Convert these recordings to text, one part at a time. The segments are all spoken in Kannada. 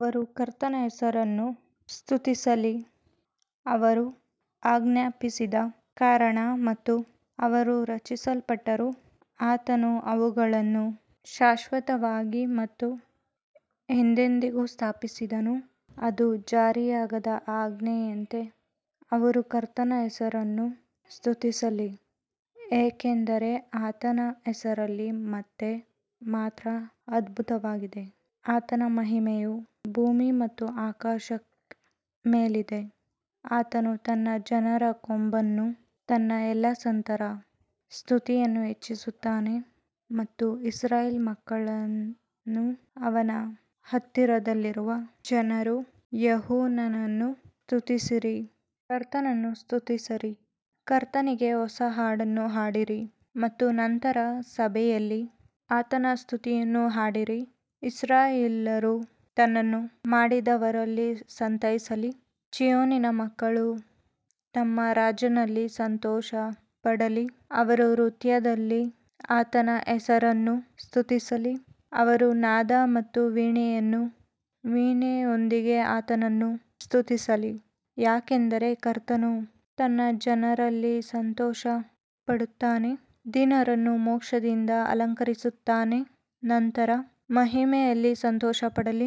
ಅವರು ಕರ್ತನ ಹೆಸರನ್ನು ಸ್ತುತಿಸಲಿ, ಅವರು ಆಜ್ಞಾಪಿಸಿದ ಕಾರಣ ಮತ್ತು ಅವರು ರಚಿಸಲ್ಪಟ್ಟರು ಆತನು ಅವುಗಳನ್ನು ಶಾಶ್ವತವಾಗಿ ಮತ್ತು ಎಂದೆಂದಿಗೂ ಸ್ಥಾಪಿಸಿದನು, ಅದು ಜಾರಿಯಾಗದ ಆಜ್ಞೆಯನ್ನು ಮಾಡಿದೆ ಅವರು ಕರ್ತನ ಹೆಸರನ್ನು ಸ್ತುತಿಸಲಿ, ಏಕೆಂದರೆ ಆತನ ಹೆಸರು ಮಾತ್ರ ಅದ್ಭುತವಾಗಿದೆ, ಆತನ ಮಹಿಮೆಯು ಭೂಮಿ ಮತ್ತು ಆಕಾಶಕ್ಕಿಂತ ಮೇಲಿದೆ ಆತನು ತನ್ನ ಜನರ ಕೊಂಬನ್ನು ತನ್ನ ಎಲ್ಲಾ ಸಂತರ ಸ್ತುತಿಯನ್ನು ಹೆಚ್ಚಿಸುತ್ತಾನೆ ಮತ್ತು ಇಸ್ರಾಯೇಲ್ ಮಕ್ಕಳಿಂದಲೂ ಅವನ ಹತ್ತಿರವಿರುವ ಜನರು ಯೆಹೋವನನ್ನು ಸ್ತುತಿಸಿರಿ. ಕರ್ತನನ್ನು ಸ್ತುತಿಸಿರಿ, ಕರ್ತನಿಗೆ ಹೊಸ ಹಾಡನ್ನು ಹಾಡಿರಿ ಮತ್ತು ಸಂತರ ಸಭೆಯಲ್ಲಿ ಆತನ ಸ್ತುತಿಯನ್ನು ಹಾಡಿರಿ ಇಸ್ರಾಯೇಲ್ಯರು ತನ್ನನ್ನು ಮಾಡಿದವರಲ್ಲಿ ಸಂತೋಷಿಸಲಿ, ಚೀಯೋನಿನ ಮಕ್ಕಳು ತಮ್ಮ ರಾಜನಲ್ಲಿ ಸಂತೋಷಪಡಲಿ ಅವರು ನೃತ್ಯದಲ್ಲಿ ಆತನ ಹೆಸರನ್ನು ಸ್ತುತಿಸಲಿ, ಅವರು ನಾದ ಮತ್ತು ವೀಣೆಯೊಂದಿಗೆ ಆತನನ್ನು ಸ್ತುತಿಸಲಿ. ಯಾಕಂದರೆ ಕರ್ತನು ತನ್ನ ಜನರಲ್ಲಿ ಸಂತೋಷಪಡುತ್ತಾನೆ, ದೀನರನ್ನು ಮೋಕ್ಷದಿಂದ ಅಲಂಕರಿಸುತ್ತಾನೆ ಸಂತರು ಮಹಿಮೆಯಲ್ಲಿ ಸಂತೋಷಪಡಲಿ,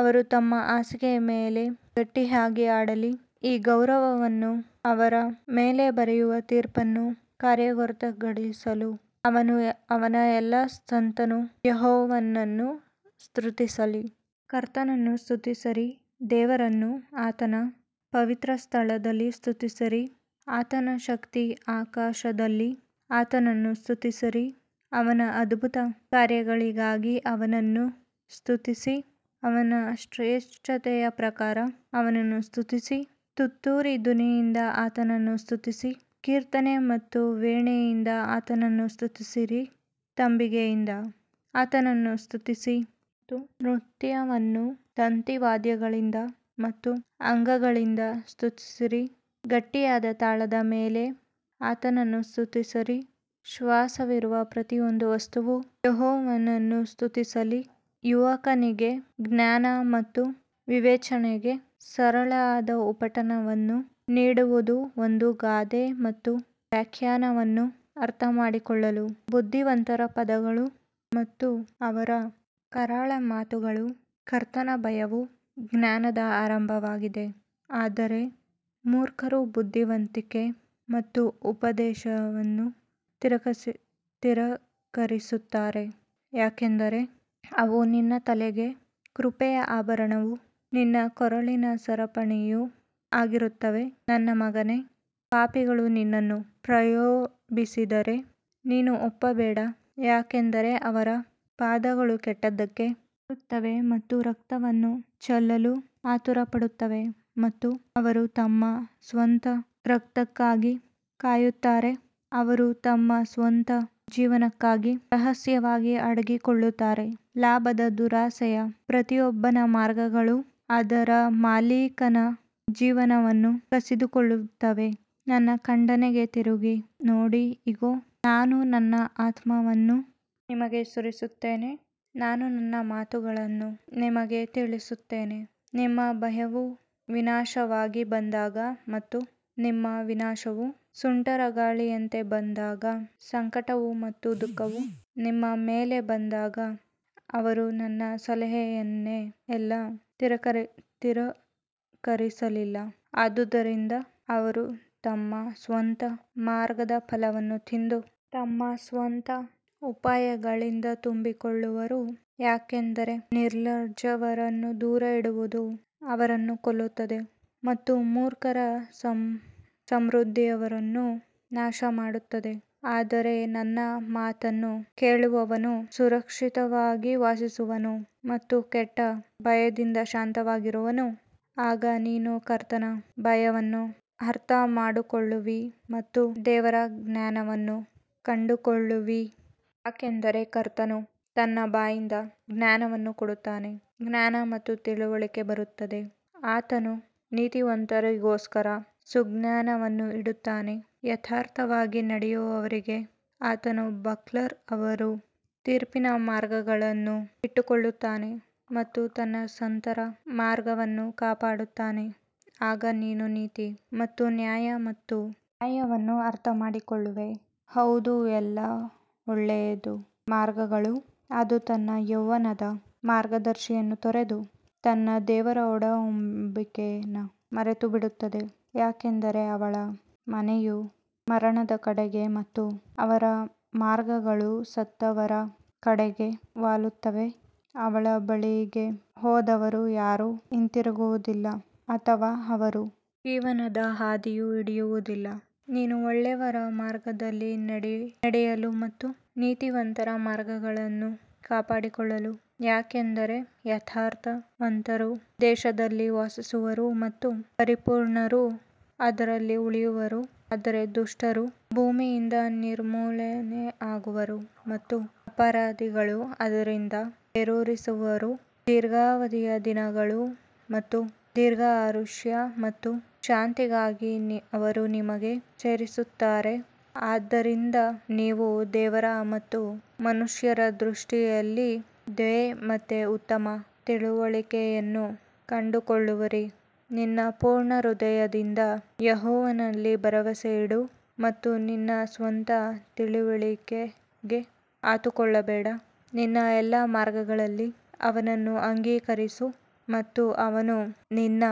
ಅವರು ತಮ್ಮ ಹಾಸಿಗೆಗಳ ಮೇಲೆ ಗಟ್ಟಿಯಾಗಿ ಹಾಡಲಿ ಈ ಗೌರವವನ್ನು ಅವರ ಮೇಲೆ ಬರೆಯುವ ತೀರ್ಪನ್ನು ಕಾರ್ಯಗತಗೊಳಿಸಲು ಅವನ ಎಲ್ಲಾ ಸಂತರು ಯೆಹೋವನನ್ನು ಸ್ತುತಿಸಲಿ. ಕರ್ತನನ್ನು ಸ್ತುತಿಸಿರಿ ದೇವರನ್ನು ಆತನ ಪವಿತ್ರಸ್ಥಳದಲ್ಲಿ ಸ್ತುತಿಸಿ ಆತನ ಶಕ್ತಿಯ ಆಕಾಶದಲ್ಲಿ ಆತನನ್ನು ಸ್ತುತಿಸಿರಿ ಅವನ ಅದ್ಭುತ ಕಾರ್ಯಗಳಿಗಾಗಿ ಅವನನ್ನು ಸ್ತುತಿಸಿ ಅವನ ಶ್ರೇಷ್ಠತೆಯ ಪ್ರಕಾರ ಅವನನ್ನು ಸ್ತುತಿಸಿ ತುತೂರಿಯ ಧ್ವನಿಯಿಂದ ಆತನನ್ನು ಸ್ತುತಿಸಿ, ಕೀರ್ತನೆ ಮತ್ತು ವೀಣೆಯಿಂದ ಆತನನ್ನು ಸ್ತುತಿಸಿರಿ ತಂಬಿಗೆಯಿಂದ ಆತನನ್ನು ಸ್ತುತಿಸಿ ಮತ್ತು ನೃತ್ಯವನ್ನು ತಂತಿ ವಾದ್ಯಗಳಿಂದ ಮತ್ತು ಅಂಗಗಳಿಂದ ಸ್ತುತಿಸಿ ಗಟ್ಟಿಯಾದ ತಾಳಗಳ ಮೇಲೆ ಆತನನ್ನು ಸ್ತುತಿಸಿರಿ ಶ್ವಾಸವಿರುವ ಪ್ರತಿಯೊಂದು ವಸ್ತುವು ಯೆಹೋವನನ್ನು ಸ್ತುತಿಸಲಿ ಯುವಕನಿಗೆ ಜ್ಞಾನ ಮತ್ತು ವಿವೇಚನೆಗೆ ಸರಳವಾದ ಉಪಟಳವನ್ನು ನೀಡುವುದು ಒಂದು ಗಾದೆ ಮತ್ತು ವ್ಯಾಖ್ಯಾನವನ್ನು ಅರ್ಥಮಾಡಿಕೊಳ್ಳಲು ಬುದ್ಧಿವಂತರ ಪದಗಳು ಮತ್ತು ಅವರ ಕರಾಳ ಮಾತುಗಳು ಕರ್ತನ ಭಯವು ಜ್ಞಾನದ ಆರಂಭವಾಗಿದೆ ಆದರೆ ಮೂರ್ಖರು ಬುದ್ಧಿವಂತಿಕೆ ಮತ್ತು ಉಪದೇಶವನ್ನು ತಿರಸ್ಕರಿಸುತ್ತಾರೆ ಯಾಕಂದರೆ ಅವು ನಿನ್ನ ತಲೆಗೆ ಕೃಪೆಯ ಆಭರಣವೂ ನಿನ್ನ ಕೊರಳಿನ ಸರಪಣಿಯೂ ಆಗಿರುತ್ತವೆ ನನ್ನ ಮಗನೇ, ಪಾಪಿಗಳು ನಿನ್ನನ್ನು ಪ್ರಲೋಭಿಸಿದರೆ ನೀನು ಒಪ್ಪಬೇಡ ಯಾಕಂದರೆ ಅವರ ಪಾದಗಳು ಕೆಟ್ಟದ್ದಕ್ಕೆ ಓಡುತ್ತವೆ ಮತ್ತು ರಕ್ತವನ್ನು ಚೆಲ್ಲಲು ಆತುರಪಡುತ್ತವೆ ಮತ್ತು ಅವರು ತಮ್ಮ ಸ್ವಂತ ರಕ್ತಕ್ಕಾಗಿ ಕಾಯುತ್ತಾರೆ, ಅವರು ತಮ್ಮ ಸ್ವಂತ ಜೀವನಕ್ಕಾಗಿ ರಹಸ್ಯವಾಗಿ ಅಡಗಿಕೊಳ್ಳುತ್ತಾರೆ ಲಾಭದ ದುರಾಸೆಯ ಪ್ರತಿಯೊಬ್ಬನ ಮಾರ್ಗಗಳು ಅದರ ಮಾಲೀಕರ ಜೀವನವನ್ನು ಕಸಿದುಕೊಳ್ಳುತ್ತವೆ ನನ್ನ ಖಂಡನೆಗೆ ತಿರುಗಿ ನೋಡಿ ಇಗೋ ನಾನು ನನ್ನ ಆತ್ಮವನ್ನು ನಿಮಗೆ ಸುರಿಸುತ್ತೇನೆ ನಾನು ನನ್ನ ಮಾತುಗಳನ್ನು ನಿಮಗೆ ತಿಳಿಸುತ್ತೇನೆ ನಿಮ್ಮ ಭಯವು ವಿನಾಶವಾಗಿ ಬಂದಾಗ ಮತ್ತು ನಿಮ್ಮ ವಿನಾಶವು ಸುಂಟರಗಾಳಿಯಂತೆ ಬಂದಾಗ ಸಂಕಟ ಮತ್ತು ದುಃಖವು ನಿಮ್ಮ ಮೇಲೆ ಬಂದಾಗ ಅವರು ನನ್ನ ಸಲಹೆಯನ್ನೆಲ್ಲಾ ತಿರಸ್ಕರಿಸಲಿಲ್ಲ ಆದುದರಿಂದ ಅವರು ತಮ್ಮ ಸ್ವಂತ ಮಾರ್ಗದ ಫಲವನ್ನು ತಿಂದು ತಮ್ಮ ಸ್ವಂತ ಉಪಾಯಗಳಿಂದ ತುಂಬಿಕೊಳ್ಳುವರು ಯಾಕಂದರೆ ನಿರ್ಲಜ್ಜರನ್ನು ದೂರವಿಡುವುದು ಅವರನ್ನು ಕೊಲ್ಲುತ್ತದೆ ಮತ್ತು ಮೂರ್ಖರ ಸಮೃದ್ಧಿ ಅವರನ್ನು ನಾಶಮಾಡುತ್ತದೆ ಆದರೆ ನನ್ನ ಮಾತನ್ನು ಕೇಳುವವನು ಸುರಕ್ಷಿತವಾಗಿ ವಾಸಿಸುವನು ಮತ್ತು ಕೆಟ್ಟ ಭಯದಿಂದ ಶಾಂತವಾಗಿರುವನು ಆಗ ನೀನು ಕರ್ತನ ಭಯವನ್ನು ಅರ್ಥಮಾಡಿಕೊಳ್ಳುವಿ ಮತ್ತು ದೇವರ ಜ್ಞಾನವನ್ನು ಕಂಡುಕೊಳ್ಳುವಿ ಯಾಕಂದರೆ ಕರ್ತನು ತನ್ನ ಬಾಯಿಂದ ಜ್ಞಾನವನ್ನು ಕೊಡುತ್ತಾನೆ, ಜ್ಞಾನ ಮತ್ತು ತಿಳುವಳಿಕೆ ಬರುತ್ತದೆ ಆತನು ನೀತಿವಂತರಿಗೋಸ್ಕರ ಸುಜ್ಞಾನವನ್ನು ಇಡುತ್ತಾನೆ, ಯಥಾರ್ಥವಾಗಿ ನಡೆಯುವವರಿಗೆ ಆತನು ಬಕ್ಲರ್ ಅವನು ತೀರ್ಪಿನ ಮಾರ್ಗಗಳನ್ನು ಇಟ್ಟುಕೊಳ್ಳುತ್ತಾನೆ ಮತ್ತು ತನ್ನ ಸಂತರ ಮಾರ್ಗವನ್ನು ಕಾಪಾಡುತ್ತಾನೆ ಆಗ ನೀನು ನೀತಿ ಮತ್ತು ನ್ಯಾಯ ಮತ್ತು ನ್ಯಾಯವನ್ನು ಅರ್ಥಮಾಡಿಕೊಳ್ಳುವೆ, ಹೌದು ಎಲ್ಲಾ ಒಳ್ಳೆಯ ಮಾರ್ಗಗಳು ಅದು ತನ್ನ ಯೌವನದ ಮಾರ್ಗದರ್ಶಿಯನ್ನು ತೊರೆದು ತನ್ನ ದೇವರ ಒಡಂಬಡಿಕೆಯನ್ನು ಮರೆತುಬಿಡುತ್ತದೆ ಯಾಕಂದರೆ ಅವಳ ಮನೆಯು ಮರಣದ ಕಡೆಗೆ ಮತ್ತು ಅವಳ ಮಾರ್ಗಗಳು ಸತ್ತವರ ಕಡೆಗೆ ವಾಲುತ್ತವೆ ಅವಳ ಬಳಿಗೆ ಹೋದವರು ಯಾರೂ ಹಿಂತಿರುಗುವುದಿಲ್ಲ ಅಥವಾ ಅವರು ಜೀವನದ ಹಾದಿಗಳನ್ನು ಹಿಡಿಯುವುದಿಲ್ಲ ನೀನು ಒಳ್ಳೆಯವರ ಮಾರ್ಗದಲ್ಲಿ ನಡೆಯಲು ಮತ್ತು ನೀತಿವಂತರ ಮಾರ್ಗಗಳನ್ನು ಕಾಪಾಡಿಕೊಳ್ಳಲು ಯಾಕಂದರೆ ಯಥಾರ್ಥವಂತರು ದೇಶದಲ್ಲಿ ವಾಸಿಸುವರು ಮತ್ತು ಪರಿಪೂರ್ಣರು ಅದರಲ್ಲಿ ಉಳಿಯುವರು ಆದರೆ ದುಷ್ಟರು ಭೂಮಿಯಿಂದ ನಿರ್ಮೂಲನೆಯಾಗುವರು ಮತ್ತು ಅಪರಾಧಿಗಳು ಅದರಿಂದ ಬೇರೂರಿಸುವರು ದೀರ್ಘಾವಧಿಯ ದಿನಗಳು ಮತ್ತು ದೀರ್ಘಾಯುಷ್ಯ ಮತ್ತು ಶಾಂತಿಗಾಗಿ ಅವರು ನಿಮಗೆ ಸೇರಿಸುತ್ತಾರೆ ಆದ್ದರಿಂದ ನೀವು ದೇವರ ಮತ್ತು ಮನುಷ್ಯರ ದೃಷ್ಟಿಯಲ್ಲಿ ದಯೆ ಮತ್ತು ಉತ್ತಮ ತಿಳುವಳಿಕೆಯನ್ನು ಕಂಡುಕೊಳ್ಳುವಿರಿ ನಿನ್ನ ಪೂರ್ಣ ಹೃದಯದಿಂದ ಯೆಹೋವನಲ್ಲಿ ಭರವಸವಿಡು ಮತ್ತು ನಿನ್ನ ಸ್ವಂತ ತಿಳುವಳಿಕೆಗೆ ಆತುಕೊಳ್ಳಬೇಡ ನಿನ್ನ ಎಲ್ಲಾ ಮಾರ್ಗಗಳಲ್ಲಿ ಅವನನ್ನು ಅಂಗೀಕರಿಸು ಮತ್ತು ಅವನು ನಿನ್ನ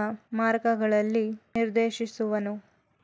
ಮಾರ್ಗಗಳನ್ನು ನಿರ್ದೇಶಿಸುವನು.